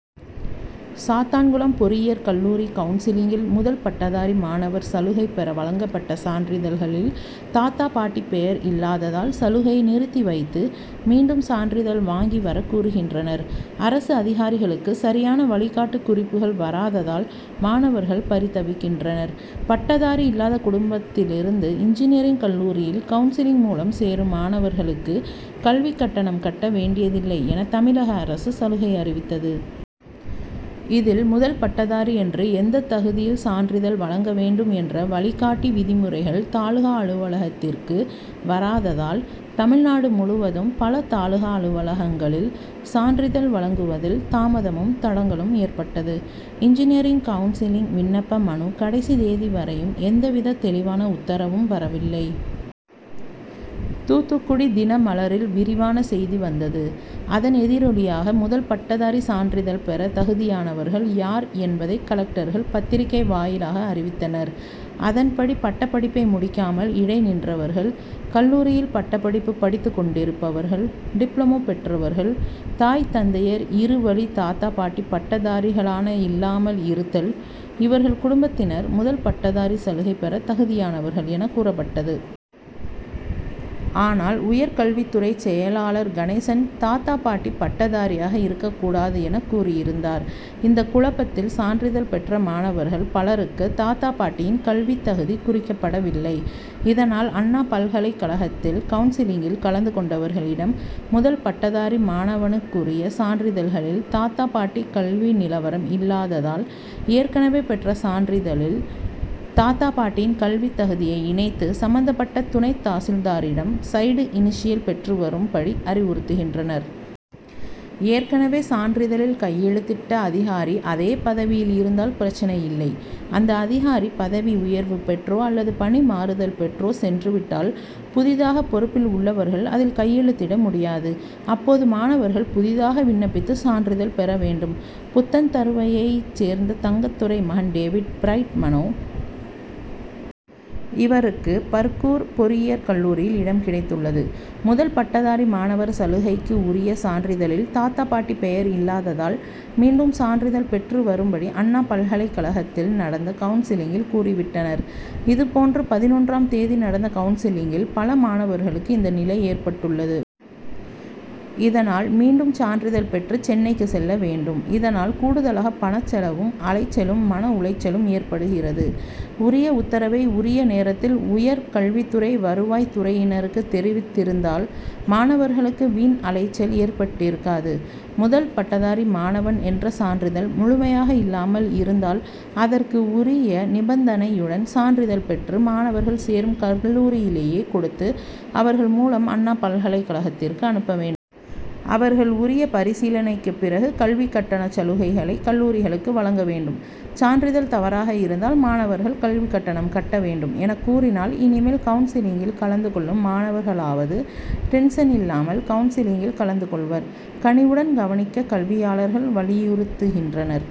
சாத்தான்குளம் பொறியியற் கல்லூரி கவுன்சிலிங்கில் முதல்பட்டதாரி மாணவர் சலுகை பெற வழங்கப்பட்ட சான்றிதழ்களில் தாத்தா பாட்டி பெயர் இல்லாததால் சலுகையை நிறுத்தி வைத்து மீண்டும் சான்றிதழ் வாங்கி வர கூறுகின்றனர். அரசு அதிகாரிகளுக்கு சரியான வழிகாட்டு குறிப்புகள் வராததால் மாணவர்கள் பரிதவிக்கின்றனர். பட்டதாரி இல்லாத குடும்பத்திலிருந்து இன்ஜினியரிங் கல்லூரியில் கவுன்சிலிங் மூலம் சேரும் மாணவர்களுக்கு கல்விக் கட்டணம் கட்ட வேண்டியதில்லை என தமிழக அரசு சலுகை அறிவித்தது. இதில் முதல் பட்டதாரி என்று எந்தத் தகுதியில் சான்றிதழ் வழங்க வேண்டும் என்ற வழிகாட்டி விதிமுறைகள் தாலுகா அலுவலகத்திற்கு வராததால் தமிழ்நாடு முழுவதும் பல தாலுகா அலுவலகங்களில் சான்றிதழ் வழங்குவதில் தாமதமும் தடங்கலும் ஏற்பட்டது. இஞ்ஜினியரிங் கவுன்சிலிங் விண்ணப்ப மனு கடைசி தேதி வரையும் எந்தவித தெளிவான உத்தரவும் வரவில்லை. தூத்துக்குடி தினமலரில் விரிவான செய்தி வந்தது. அதன் எதிரொலியாக முதல்பட்டதாரி சான்றிதழ் பெற தகுதியானவர்கள் யார் என்பதை கலெக்டர்கள் பத்திரிகை வாயிலாக அறிவித்தனர். அதன் படி பட்டப்படிப்பை முடிக்காமல் இடை நின்றவர்கள், கல்லூரியில் பட்டப்படிப்பு படித்து கொண்டிருப்பவர்கள், டிப்ளமோ பெற்றவர்கள், தாய் தந்தையர் இருவழி தாத்தா பாட்டி பட்டதாரிகளான இல்லாமல் இருத்தல் இவர்கள் குடும்பத்தினர் முதல் பட்டதாரி சலுகை பெறத் தகுதியானவர்கள் என கூறப்பட்டது. ஆனால் உயர்கல்வித்துறைச் செயலாளர் கணேசன் தாத்தா, பாட்டி பட்டதாரியாக இருக்கக்கூடாது என கூறியிருந்தார். இந்த குழப்பத்தில் சான்றிதழ் பெற்ற மாணவர்கள் பலருக்கு தாத்தா பாட்டியின் கல்வித்தகுதி குறிக்கப்படவில்லை. இதனால் அண்ணா பல்கலைக் கழகத்தில் கவுன்சிலிங்கில் கலந்து கொண்டவர்களிடம் முதல் பட்டதாரி மாணவனுக்குரிய சான்றிதழ்களில் தாத்தா பாட்டி கல்வி நிலவரம் இல்லாததால் ஏற்கனவே பெற்ற சான்றிதழில் தாத்தா பாட்டியின் கல்வித் தகுதியை இணைத்து சம்பந்தப்பட்ட துணைத் தாசில்தாரிடம் சைடு இனிஷியல் பெற்றுவரும் படி அறிவுறுத்துகின்றனர். ஏற்கனவே சான்றிதழில் கையெழுத்திட்ட அதிகாரி அதே பதவியில் இருந்தால் பிரச்னை இல்லை. அந்த அதிகாரி பதவி உயர்வு பெற்றோ அல்லது பணிமாறுதல் பெற்றோ சென்று விட்டால் புதிதாக பொறுப்பில் உள்ளவர்கள் அதில் கையெழுத்திட முடியாது. அப்போது மாணவர்கள் புதிதாக விண்ணப்பித்து சான்றிதழ் பெற வேண்டும். புத்தன்தருவையைச் சேர்ந்த தங்கத்துரை மகன் டேவிட் பிரைட் மனோ. இவருக்கு பர்கூர் பொறியியற் கல்லூரியில் இடம் கிடைத்துள்ளது. முதல் பட்டதாரி மாணவர் சலுகைக்கு உரிய சான்றிதழில் தாத்தா பாட்டி பெயர் இல்லாததால் மீண்டும் சான்றிதழ் பெற்று வரும்படி அண்ணா பல்கலைக்கழகத்தில் நடந்த கவுன்சிலிங்கில் கூறி விட்டனர். இதுபோன்று பதினொன்றாம் தேதி நடந்த கவுன்சிலிங்கில் பல மாணவர்களுக்கு இந்த நிலை ஏற்பட்டுள்ளது. இதனால் மீண்டும் சான்றிதழ் பெற்று சென்னைக்கு செல்ல வேண்டும். இதனால் கூடுதலாக பணச் செலவும் அலைச்சலும், மன உளைச்சலும் ஏற்படுகிறது. உரிய உத்தரவை உரிய நேரத்தில் உயர் கல்வித்துறை வருவாய்த்துறையினருக்கு தெரிவித்திருந்தால் மாணவர்களுக்கு வீண் அலைச்சல் ஏற்பட்டிருக்காது. முதல் பட்டதாரி மாணவன் என்ற சான்றிதழ் முழுமையாக இல்லாமல் இருந்தால் அதற்கு உரிய நிபந்தனையுடன் சான்றிதழ் பெற்று மாணவர்கள் சேரும் கல்லூரியிலேயே கொடுத்து அவர்கள் மூலம் அண்ணா பல்கலைக்கழகத்திற்கு அனுப்ப வேண்டும். அவர்கள் உரிய பரிசீலனைக்குப் பிறகு கல்விக் கட்டணச் சலுகைகளை கல்லூரிகளுக்கு வழங்க வேண்டும். சான்றிதழ் தவறாக இருந்தால் மாணவர்கள் கல்விக்கட்டணம் கட்ட வேண்டும் என கூறினால் இனிமேல் கவுன்சிலிங்கில் கலந்து கொள்ளும் மாணவர்களாவது டென்ஷன் இல்லாமல் கவுன்சிலிங்கில் கலந்து கொள்வர். கனிவுடன் கவனிக்க கல்வியாளர்கள் வலியுறுத்துகின்றனர்.